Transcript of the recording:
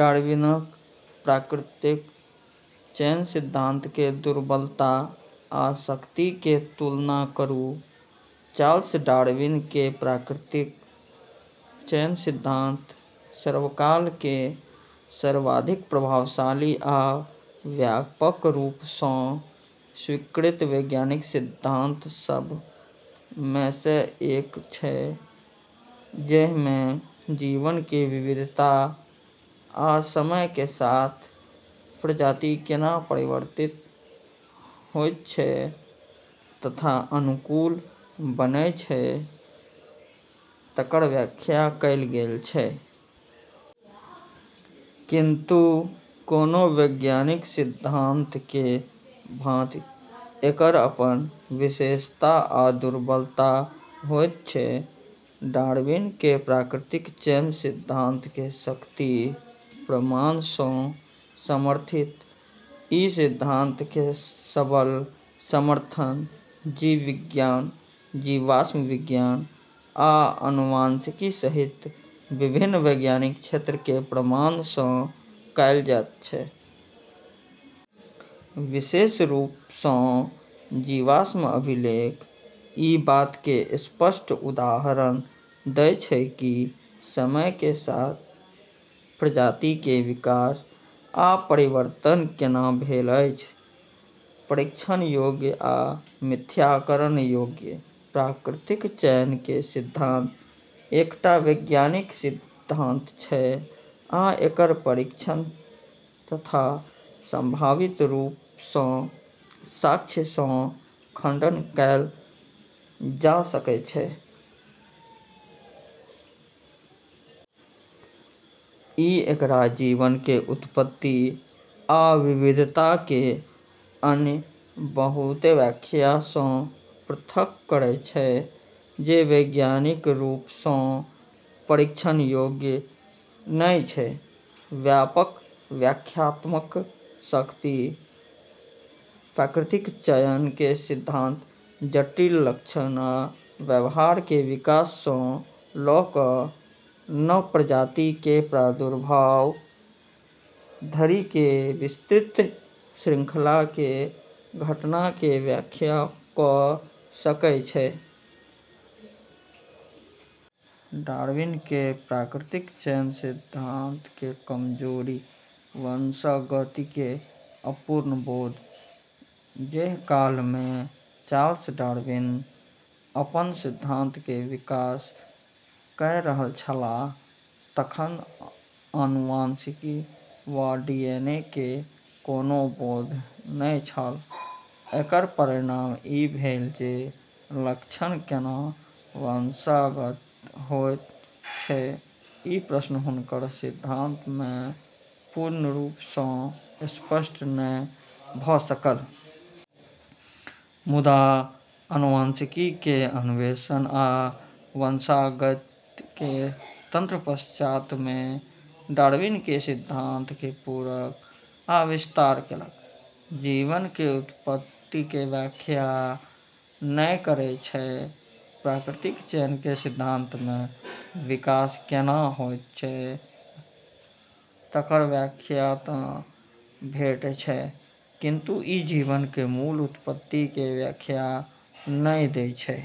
डार्विनक प्राकृतिक चयन सिद्धांत के दुर्बलता आ शक्ति के तुलना करू। चार्ल्स डार्विन के प्राकृतिक चयन सिद्धांत सर्वकाल के सर्वाधिक प्रभावशाली आ व्यापक रूप सँ स्वीकृत वैज्ञानिक सिद्धांत सभ में सँ एक छै, जहि में जीवन के विविधता आ समय के साथ प्रजाति केंना परिवर्तित होइत छै तथा अनुकूल बनै छै, तकर व्याख्या कएल गेल छै। किंतु, कोनो वैज्ञानिक सिद्धांत के भाँति एकर अपन विशेषता आ दुर्बलता होइत छै। डार्विन के प्राकृतिक चयन सिद्धांत के शक्ति: प्रमाण सँ समर्थित: ई सिद्धांत के सबल समर्थन जीव विज्ञान, जीवाश्म विज्ञान, आ आनुवंशिकी सहित विभिन्न वैज्ञानिक क्षेत्र के प्रमाण सँ कएल जाइत छै। विशेष रूप सँ जीवाश्म अभिलेख ई बात के स्पष्ट उदाहरण दै छै कि समय के साथ प्रजाति के विकास आ परिवर्तन केंना भेल अछि। परीक्षण योग्य आ मिथ्याकरण योग्य: प्राकृतिक चयन के सिद्धांत एकटा वैज्ञानिक सिद्धांत छै आ एकर परीक्षण तथा संभावित रूप सँ साक्ष्य सँ खंडन कएल जा सकै छै। ई एकरा जीवन के उत्पत्ति आ विविधता के अन्य बहुते व्याख्या सँ पृथक् करै छै जे वैज्ञानिक रूप सँ परीक्षण योग्य नहि छै। व्यापक व्याख्यात्मक शक्ति: प्राकृतिक चयन के सिद्धांत जटिल लक्षण आ व्यवहार के विकास सँ लऽ कऽ नव प्रजाति के प्रादुर्भाव धरि के विस्तृत शृंखला के घटना के व्याख्या कऽ सकै छै। डार्विन के प्राकृतिक चयन सिद्धांत के कमजोरी: वंशागति के अपूर्ण बोध: जहि काल में चार्ल्स डार्विन अपन सिद्धांत के विकास कए रहल छलाह, तखन आनुवंशिकी वा डीएनए के कोनो बोध नहि छल। एकर परिणाम ई भेल जे लक्षण केंना वंशागत होइत छै, ई प्रश्न हुनकर सिद्धांत में पूर्ण रूप सँ स्पष्ट नहि भऽ सकल। मुदा आनुवंशिकी के अन्वेषण आ वंशागति के तंत्र पश्चात् में डार्विन के सिद्धांत के पूरक आ विस्तार केलक। जीवन के उत्पत्ति के व्याख्या नहि करै छै: प्राकृतिक चयन के सिद्धांत में विकास केंना होइत छै, तकर व्याख्या तँ भेटै छै, किंतु ई जीवन के मूल उत्पत्ति के व्याख्या नहि दै छै।